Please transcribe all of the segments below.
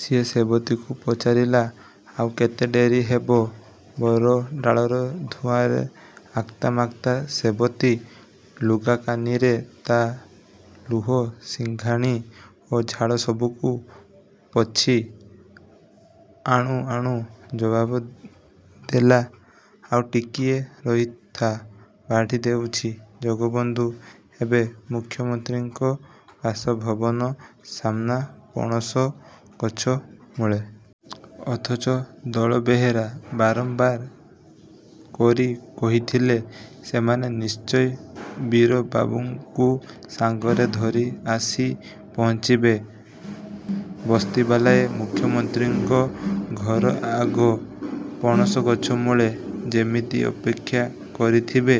ସେ ସେବତୀକୁ ପଚାରିଲା, "ଆଉ କେତେ ଡେରି ହେବ?"ବରଡାଳର ଧୂଆଁରେ ଆକ୍ତାମାକ୍ତା ସେବତୀ ଲୁଗାକାନିରେ ତା ଲୁହ, ସିଂଘାଣି ଓ ଝାଳ ସବୁକୁ ପୋଛି ଆଣୁ ଆଣୁ ଜବାବ ଦେଲା, "ଆଉ ଟିକିଏ ହୋଇଥା, ବାଢ଼ି ଦେଉଛି।"ଜଗବନ୍ଧୁ ଏବେ ମୁଖ୍ୟମନ୍ତ୍ରୀଙ୍କ ବାସଭବନ ସାମ୍ନା ପଣସ ଗଛମୂଳେ। ଅଥଚ ଦଳବେହେରା ବାରମ୍ବାର କରି କହିଥିଲା, ସେମାନେ ନିଶ୍ଚୟ ବୀରବାବୁଙ୍କୁ ସାଙ୍ଗରେ ଧରି ଆସି ପହଞ୍ଚିବେ। ବସ୍ତିବାଲାଏ ମୁଖ୍ୟମନ୍ତ୍ରୀଙ୍କ ଘର ଆଗ ପଣସ ଗଛମୂଳେ ଯେମିତି ଅପେକ୍ଷା କରିଥିବେ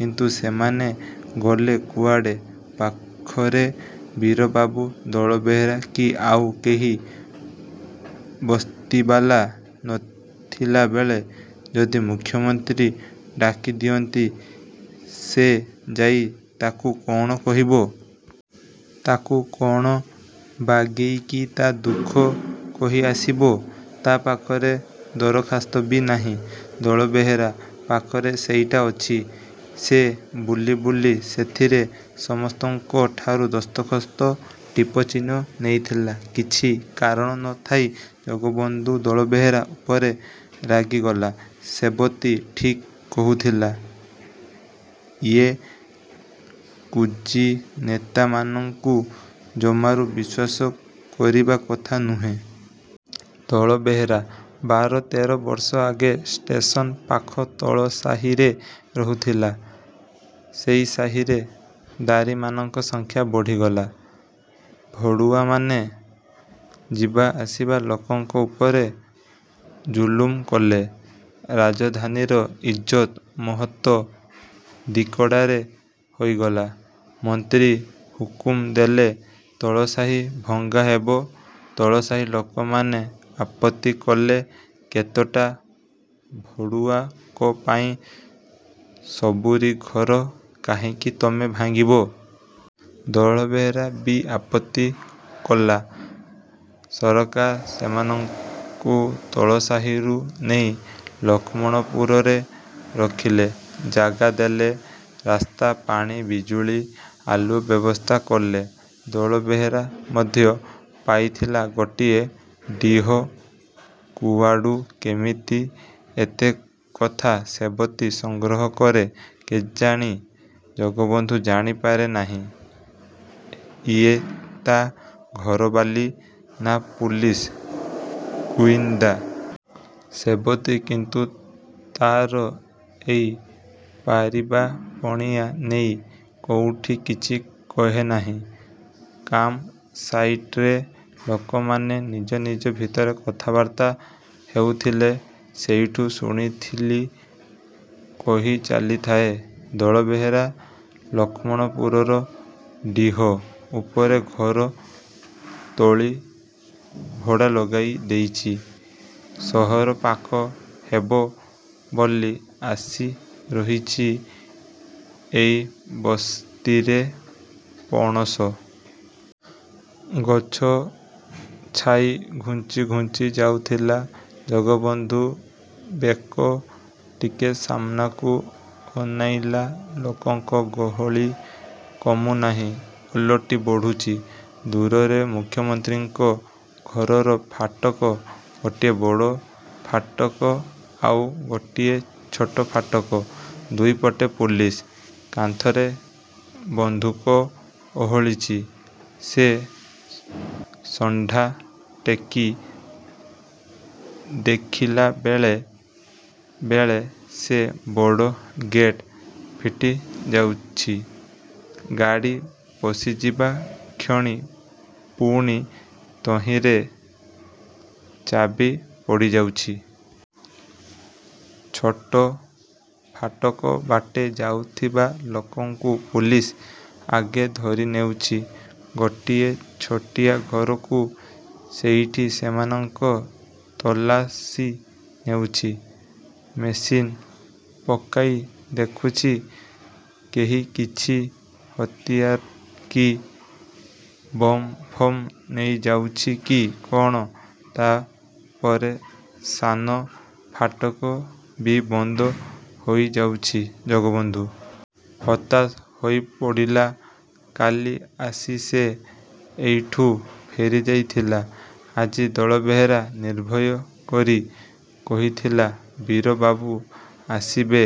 କିନ୍ତୁ ସେମାନେ ଗଲେ କୁଆଡ଼େ? ପାଖରେ ବୀରବାବୁ, ଦଳବେହେରା କି ଆଉ କେହି ବସ୍ତିବାଲା ନଥିଲାବେଳେ ଯଦି ମୁଖ୍ୟମନ୍ତ୍ରୀ ଡାକିଦିଅନ୍ତି, ସେ ଯାଇ ତାଙ୍କୁ କ'ଣ କହିବ? ତାକୁ କ'ଣ ବାଗେଇକି ତା' ଦୁଃଖ କହି ଆସିବ? ତା' ପାଖରେ ଦରଖାସ୍ତ ବି ନାହିଁ। ଦଳବେହେରା ପାଖରେ ସେଇଟା ଅଛି। ସେ ବୁଲି ବୁଲି ସେଥିରେ ସମସ୍ତଙ୍କଠାରୁ ଦସ୍ତଖସ୍ତ, ଟିପଚିହ୍ନ ନେଇଥିଲା। କିଛି କାରଣ ନଥାଇ ଜଗବନ୍ଧୁ ଦଳବେହେରା ଉପରେ ରାଗିଗଲା। ସେବତୀ ଠିକ୍ କହୁଥିଲା, ଇଏ କୁଜିନେତାମାନଙ୍କୁ ଜମାରୁ ବିଶ୍ୱାସ କରିବା କଥା ନୁହେଁ। ଦଳବେହେରା ବାର-ତେର ବର୍ଷ ଆଗେ ଷ୍ଟେସନ୍ ପାଖ ତଳସାହିରେ ରହୁଥିଲା। ସେଇ ସାହିରେ ଦାରୀମାନଙ୍କ ସଂଖ୍ୟା ବଢ଼ିଗଲା। ଭଡ଼ୁଆମାନେ ଯିବାଆସିବା ଲୋକଙ୍କ ଉପରେ ଜୁଲୁମ କଲେ। ରାଜଧାନୀର ଇଜ୍ଜତ ମହତ ଦିକଡ଼ାରେ ହୋଇଗଲା। ମନ୍ତ୍ରୀ ହୁକୁମ ଦେଲେ, ତଳସାହି ଭଙ୍ଗା ହେବ। ତଳସାହି ଲୋକମାନେ ଆପତ୍ତି କଲେ, କେତଟା ଭଡ଼ୁଆଙ୍କ ପାଇଁ ସବୁରି ଘର କାହିଁକି ତମେ ଭାଙ୍ଗିବ? ଦଳବେହେରା ବି ଆପତ୍ତି କଲା। ସରକାର ସେମାନଙ୍କୁ ତଳସାହିରୁ ନେଇ ଲକ୍ଷ୍ମଣପୁରରେ ରଖିଲେ। ଜାଗା ଦେଲେ, ରାସ୍ତା, ପାଣି, ବିଜୁଳି ଆଲୁଅ ବ୍ୟବସ୍ଥା କଲେ। ଦଳବେହେରା ମଧ୍ୟ ପାଇଥିଲା ଗୋଟିଏ ଡିହ। କୁଆଡ଼ୁ କେମିତି ଏତେକଥା ସେବତୀ ସଂଗ୍ରହ କରେ କେଜାଣି! ଜଗବନ୍ଧୁ ଜାଣିପାରେ ନାହିଁ। ଇଏ ତା' ଘରବାଲୀ ନା ପୁଲିସ ଗୁଇନ୍ଦା? ସେବତୀ କିନ୍ତୁ ତା'ର ଏଇ ପାରିବାପଣିଆ ନେଇ କୋଉଠି କିଛି କହେ ନାହିଁ। "କାମ ସାଇଟ୍‌ରେ ଲୋକମାନେ ନିଜ ନିଜ ଭିତରେ କଥାବାର୍ତ୍ତା ହେଉଥିଲେ, ସେଇଠୁ ଶୁଣିଥିଲି" କହି ଚାଲିଥାଏ। ଦଳବେହେରା ଲକ୍ଷ୍ମଣପୁରର ଡିହ ଉପରେ ଘର ତୋଳି ଭଡ଼ା ଲଗାଇଦେଇଛି। ସହର ପାଖ ହେବ ବୋଲି ଆସି ରହିଛି ଏଇ ବସ୍ତିରେ। ପଣସ ଗଛ ଛାଇ ଘୁଞ୍ଚି ଘୁଞ୍ଚି ଯାଉଥିଲା। ଜଗବନ୍ଧୁ ବେକ ଟିକେ ସାମ୍ନାକୁ ଅନାଇଲା। ଲୋକଙ୍କ ଗହଳି କମୁନାହିଁ, ଓଲଟି ବଢ଼ୁଛି। ଦୂରରେ ମୁଖ୍ୟମନ୍ତ୍ରୀଙ୍କ ଘରର ଫାଟକ। ଗୋଟିଏ ବଡ଼ ଫାଟକ, ଆଉ ଗୋଟିଏ ଛୋଟ ଫାଟକ। ଦୁଇପଟେ ପୁଲିସ, କାନ୍ଧରେ ବନ୍ଧୁକ ଓହଳିଛି। ସେ ଶଣ୍ଢା ଟେକି ଦେଖିଲା, ବେଳେ ବେଳେ ସେ ବଡ଼ ଗେଟ୍ ଫିଟିଯାଉଛି; ଗାଡ଼ି ପଶିଯିବା କ୍ଷଣି ପୁଣି ତହିଁରେ ଚାବି ପଡ଼ିଯାଉଛି। ଛୋଟ ଫାଟକ ବାଟେ ଯାଉଥିବା ଲୋକଙ୍କୁ ପୁଲିସ ଆଗେ ଧରିନେଉଛି ଗୋଟିଏ ଛୋଟିଆ ଘରକୁ। ସେଇଠି ସେମାନଙ୍କ ତଲାସି ନେଉଛି। ମେସିନ୍ ପକାଇ ଦେଖୁଛି, କେହି କିଛି ହତିଆର କି ବମ୍-ଫମ୍ ନେଇ ଯାଉଛି କି କ'ଣ! ତା'ପରେ ସାନ ଫାଟକ ବି ବନ୍ଦ ହୋଇଯାଉଛି। ଜଗବନ୍ଧୁ ହତାଶ ହୋଇପଡ଼ିଲା। କାଲି ଆସି ସେ ଏଇଠୁ ଫେରିଯାଇଥିଲା। ଆଜି ଦଳବେହେରା ନିର୍ଭୟ କରି କହିଥିଲା, ବୀରବାବୁ ଆସିବେ;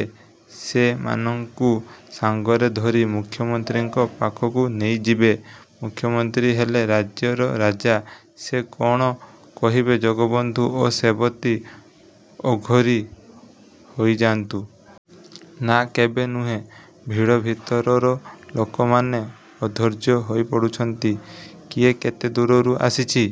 ସେ ସେମାନଙ୍କୁ ସାଙ୍ଗରେ ଧରି ମୁଖ୍ୟମନ୍ତ୍ରୀଙ୍କ ପାଖକୁ ନେଇଯିବେ। ମୁଖ୍ୟମନ୍ତ୍ରୀ ହେଲେ ରାଜ୍ୟର ରାଜା। ସେ କ'ଣ କହିବେ ଜଗବନ୍ଧୁ ଓ ସେବତୀ ଅଘରୀ ହୋଇଯାଆନ୍ତୁ? ନା, କେବେ ନୁହେଁ। ଭିଡ଼ ଭିତରର ଲୋକମାନେ ଅଧୈର୍ଯ୍ୟ ହୋଇପଡ଼ୁଛନ୍ତି। କିଏ କେତେ ଦୂରରୁ ଆସିଛି।